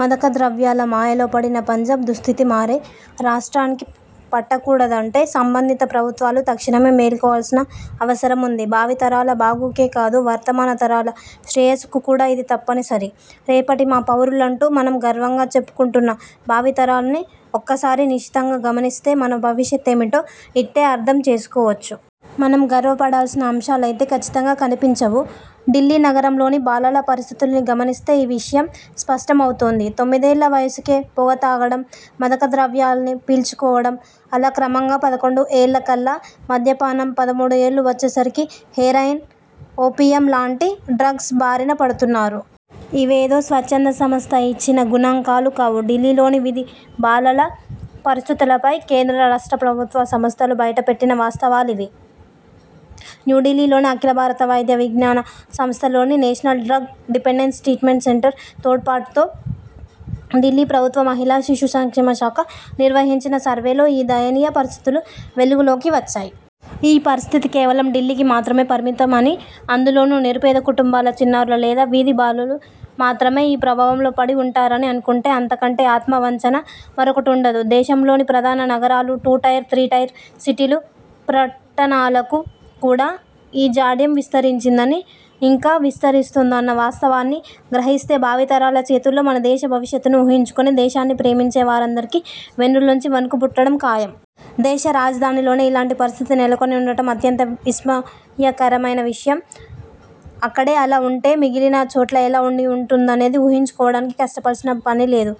మాదక ద్రవ్యాల మాయలో పడిన పంజాబ్ దుస్థితి మరే రాష్ట్రానికీ పట్టకూడదంటే సంబంధిత ప్రభుత్వాలు తక్షణమే మేలుకోవాల్సిన అవసరముంది. భావితరాల బాగుకే కాదు, వర్తమాన తరాల శ్రేయస్సుకు కూడా ఇది తప్పనిసరి. రేపటి మా పౌరులంటూ మనం గర్వంగా చెప్పుకుంటున్న భావితరాల్ని ఒక్కసారి నిశితంగా గమనిస్తే మన భవిష్యత్తేమిటో ఇట్టే అర్థం చేసుకోవచ్చు. మనం గర్వపడాల్సిన అంశాలైతే కచ్చితంగా కనిపించవు. ఢిల్లీ నగరంలోని బాలల పరిస్థితుల్ని గమనిస్తే ఈ విషయం స్పష్ట మవుతుంది. తొమ్మిదేళ్ళ వయసుకే పొగ తాగడం, మాదక ద్రవ్యాల్ని పీల్చుకోవడం, అలా క్రమంగా పదకొండు ఏళ్ళకల్లా మద్యపానం, పదమూడు ఏళ్ళు వచ్చే సరికి హెరాయిన్, ఓపీఎం లాంటి డ్రగ్స్ బారిన పడుతున్నారు. ఇవేదో స్వచ్ఛంద సంస్థ ఇచ్చిన గణాంకాలు కావు. ఢిల్లీలోని వీధి బాలల పరిస్థితులపై కేంద్ర, రాష్ట్ర ప్రభుత్వ సంస్థలు బయటపెట్టిన వాస్తవాలివి. న్యూఢిల్లీ లోని అఖిల భారత వైద్య విజ్ఞాన సంస్థ లోని national drug dependence treatment centre తోడ్పాటుతో ఢిల్లీ ప్రభుత్వ మహిళా శిశు సంక్షేమ శాఖ నిర్వహించిన సర్వేలో ఈ దయనీయ పరిస్థితులు వెలుగులోకి వచ్చాయి. ఈ పరిస్థితి కేవలం ఢిల్లీకి మాత్రమే పరిమిత మని, అందులోనూ నిరుపేద కుటుంబాల చిన్నారులు లేదా వీధి బాలలు మాత్రమే ఈ ప్రభావంలో పడి ఉంటారని అనుకుంటే అంత కంటే ఆత్మ వంచన మరొకటుండదు. దేశంలోని ప్రధాన నగరాలు, టూ టైర్, త్రీ టైర్ సిటీలు, పట్టణాలకు కూడా ఈ జాడ్యం విస్తరించిందని, ఇంకా విస్తరిస్తోందన్న వాస్తవాన్ని గ్రహిస్తేభావితరాల చేతుల్లో మన దేశ భవిష్యత్తును ఊహించుకుని దేశాన్ని ప్రేమించే వారందరికీ వెన్నులోంచి వణుకు పుట్టడం ఖాయం. దేశ రాజధానిలోనే ఇలాంటి పరిస్థితి నెలకొని ఉండటం అత్యంత విస్మయకరమైన విషయం. అక్కడే అలా ఉంటే మిగిలిన చోట్ల ఎలా ఉండి ఉంటుందనేది ఊహించుకోవడానికి కష్టపడాల్సిన పనిలేదు.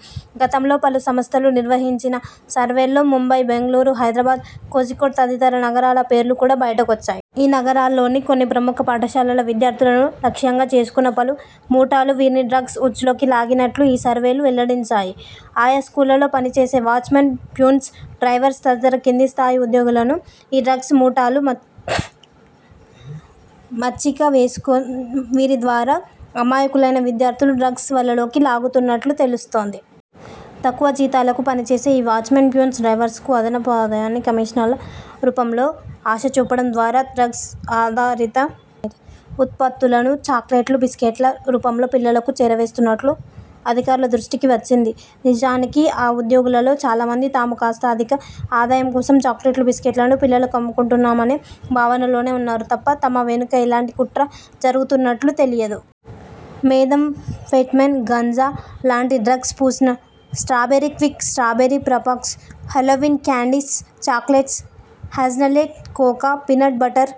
గతంలో పలు సంస్థలు నిర్వహించిన సర్వేల్లో ముంబై, బెంగళూరు, హైదరాబాద్, కొజికోడ్ తదితర నగరాల పేర్లు కూడా బయటకొచ్చాయి. ఈ నగరాల్లోని కొన్ని ప్రముఖ పాఠశాలల విద్యార్థులను లక్ష్యంగా చేసుకున్న పలు ముఠాలు వీరిని డ్రగ్స్ ఉచ్చులోకి లాగినట్లు ఆ సర్వేలు వెల్లడించాయి. ఆయా స్కూళ్లలో పనిచేసే వాచ్మెన్, ప్యూన్స్, డ్రైవర్స్ తదితర కింది స్థాయి ఉద్యోగులను ఈ డ్రగ్స్ ముఠాలు మచ్చిక చేసుకుని వీరి ద్వారా అమాయకులైన విద్యార్థులను డ్రగ్స్ వలలోకి లాగుతున్నట్లు తెలుస్తోంది. తక్కువ జీతాలకు పనిచేసే ఈ వాచ్మెన్, ప్యూన్స్, డ్రైవర్స్కు అదనపు ఆదాయాన్ని కమిషన్ల రూపంలో ఆశచూపడం ద్వారా డ్రగ్స్ ఆధారిత ఉత్పత్తులను చాక్లెట్లు, బిస్కెట్ల రూపంలో పిల్లలకు చేరవేస్తున్నట్లు అధికారుల దృష్టికి వచ్చింది. నిజానికి ఆ ఉద్యోగులలో చాలా మంది తాము కాస్త అధిక ఆదాయం కోసం చాక్లెట్లు, బిస్కెట్లను పిల్లలకు అమ్ముకుంటున్నామనే భావనలోనే ఉన్నారు తప్ప తమ వెనుక ఇలాంటి కుట్ర జరుగుతున్నట్లు తెలియదు. మెథాంఫెటమైన్, గంజా లాంటి డ్రగ్స్ పూసిన strawberry quick, strawberry Pop Rocks, Halloween candies, chocolates, hazelnut cocoa, peanut butter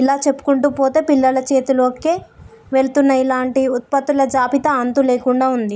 ఇలా చెప్పుకుంటూ పోతే పిల్లల చేతుల్లోకి వెళుతున్న ఇలాంటి ఉత్పత్తుల జాబితా అంతు లేకుండా ఉంది.